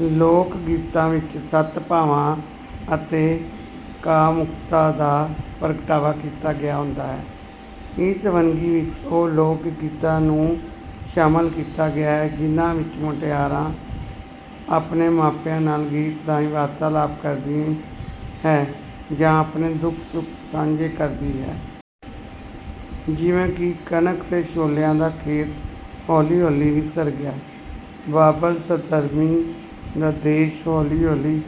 ਲੋਕ ਗੀਤਾਂ ਵਿੱਚ ਸੱਤ ਭਾਵਾਂ ਅਤੇ ਕਾਮੁਕਤਾ ਦਾ ਪ੍ਰਗਟਾਵਾ ਕੀਤਾ ਗਿਆ ਹੁੰਦਾ ਹੈ। ਇਸ ਵੰਨਗੀ ਵਿੱਚ ਉਹ ਲੋਕ ਗੀਤਾਂ ਨੂੰ ਸ਼ਾਮਲ ਕੀਤਾ ਗਿਆ ਹੈ, ਜਿਨ੍ਹਾਂ ਵਿੱਚ ਮੁਟਿਆਰਾ ਆਪਣੇ ਮਾਪਿਆਂ ਨਾਲ ਗੀਤਾਂ ਰਾਹੀਂ ਵਾਰਤਾਲਾਪ ਕਰਦੀ ਹੈ ਜਾਂ ਆਪਣੇ ਦੁੱਖ-ਸੁੱਖ ਸਾਂਝੇ ਕਰਦੀ ਹੈ। ਜਿਵੇਂ ਕਿ ਕਣਕ ਤੇ ਛੋਲਿਆਂ ਦਾ ਖੇਤ, ਹੌਲੀ-ਹੌਲੀ ਵਿਸਰ ਗਿਆ। ਬਾਬਲ ਸਧਰਮੀ ਦਾ ਦੇਸ਼, ਹੌਲੀ-ਹੌਲੀ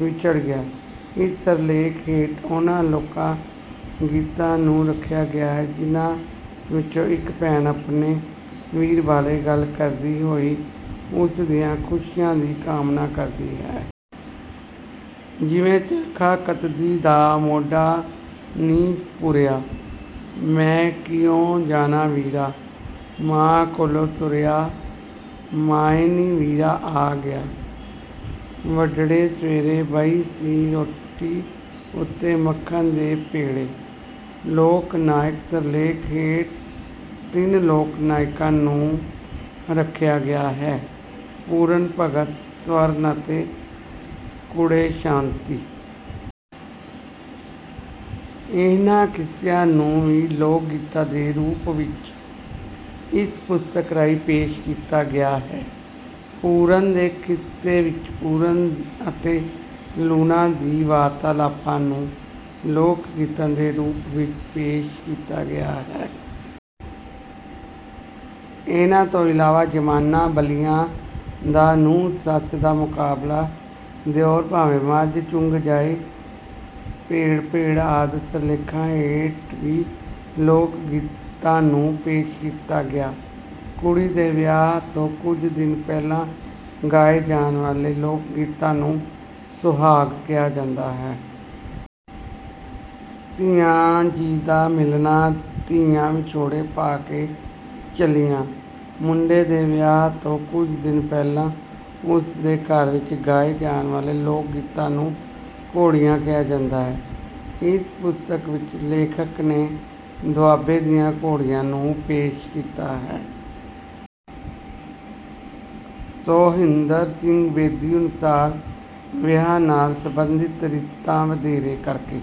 ਵਿਛੜ ਗਿਆ। ਇਸ ਸਿਰਲੇਖ ਹੇਠ ਉਹਨਾਂ ਲੋਕਾ ਗੀਤਾਂ ਨੂੰ ਰੱਖਿਆ ਗਿਆ ਹੈ, ਜਿਨ੍ਹਾਂ ਵਿੱਚ ਇੱਕ ਭੈਣ ਆਪਣੇ ਵੀਰ ਬਾਰੇ ਗੱਲਾਂ ਕਰਦੀ ਹੋਈ ਉਸ ਦੀਆਂ ਖੁਸ਼ੀਆਂ ਦੀ ਕਾਮਨਾ ਕਰਦੀ ਹੈ। ਜਿਵੇਂ ਚਰਖਾ ਕੱਤਦੀ ਦਾ ਮੋਢਾ ਨੀ ਫੁਰਿਆ, ਮੈਂ ਕੀ ਓ ਜਾਣਾ ਵੀਰਾ, ਮਾਂ ਕੋਲੋਂ ਤੁਰਿਆ। ਮਾਏ ਨੀ ਵੀਰਾ ਆ ਗਿਆ ਵੱਡੜੇ ਸਵੇਰੇ, ਬਹੀ ਸੀ ਰੋਟੀ ਉੱਤੇ ਮੱਖਣ ਦੇ ਪੇੜੇ। ਲੋਕ ਨਾਇਕ ਸਿਰਲੇਖ ਹੇਠ ਤਿੰਨ ਲੋਕ ਨਾਇਕਾਂ ਨੂੰ ਰੱਖਿਆ ਗਿਆ ਹੈ ਪੂਰਨ ਭਗਤ ,ਸਰਵਣ ਅਤੇ ਕੁੜੇ ਸ਼ਾਤੀ। ਇਹਨਾਂ ਕਿੱਸਿਆਂ ਨੂੰ ਵੀ ਲੋਕ ਗੀਤਾਂ ਦੇ ਰੂਪ ਵਿੱਚ ਇਸ ਪੁਸਤਕ ਰਾਹੀਂ ਪੇਸ਼ ਕੀਤਾ ਗਿਆ ਹੈ। ਪੂਰਨ ਦੇ ਕਿੱਸੇ ਵਿੱਚ ਪੂਰਨ ਅਤੇ ਲੂਣਾ ਦੀ ਵਾਰਤਾਲਾਪਾਂ ਨੂੰ ਲੋਕ ਗੀਤਾਂ ਦੇ ਰੂਪ ਵਿੱਚ ਪੇਸ਼ ਕੀਤਾ ਗਿਆ ਹੈ। ਇਹਨਾਂ ਤੋਂ ਇਲਾਵਾ ਜ਼ਮਾਨਾ ਬਲੀਆਂ ਦਾ, ਨੂੰਹ-ਸੱਸ ਦਾ ਮੁਕਾਬਲਾ, ਦਿਉਰ ਭਾਵੇਂ ਮੱਝ ਚੁੰਗ ਜਾਏ, ਭੇੜ-ਭੇੜ ਆਦਿ ਸਿਰਲੇਖਾਂ ਹੇਠ ਵੀ ਲੋਕ ਗੀਤਾਂ ਨੂੰ ਪੇਸ਼ ਕੀਤਾ ਗਿਆ ਹੈ। ਕੁੜੀ ਦੇ ਵਿਆਹ ਤੋਂ ਕੁਝ ਦਿਨ ਪਹਿਲਾਂ ਗਾਏ ਜਾਣ ਵਾਲੇ ਲੋਕ ਗੀਤਾਂ ਨੂੰ ਸੁਹਾਗ ਕਿਹਾ ਜਾਂਦਾ ਹੈ। ਧੀਆਂ ਜੀ ਦਾ ਮਿਲਣਾ, ਧੀਆਂ ਵਿਛੋੜੇ ਪਾ ਕੇ ਚੱਲੀਆਂ। ਮੁੰਡੇ ਦੇ ਵਿਆਹ ਤੋਂ ਕੁਝ ਦਿਨ ਪਹਿਲਾਂ ਉਸ ਦੇ ਘਰ ਵਿੱਚ ਗਾਏ ਜਾਣ ਵਾਲੇ ਲੋਕ ਗੀਤਾਂ ਨੂੰ ਘੋੜੀਆਂ ਕਿਹਾ ਜਾਂਦਾ ਹੈ। ਇਸ ਪੁਸਤਕ ਵਿੱਚ ਲੇਖਕ ਨੇ ਦੁਆਬੇ ਦੀਆਂ ਘੋੜੀਆਂ ਨੂੰ ਪੇਸ਼ ਕੀਤਾ ਹੈ। ਸੋਹਿੰਦਰ ਸਿੰਘ ਬੇਦੀ ਅਨੁਸਾਰ, ਵਿਆਹ ਨਾਲ ਸਬੰਧਤ ਰੀਤਾਂ ਵਧੇਰੇ ਕਰਕੇ…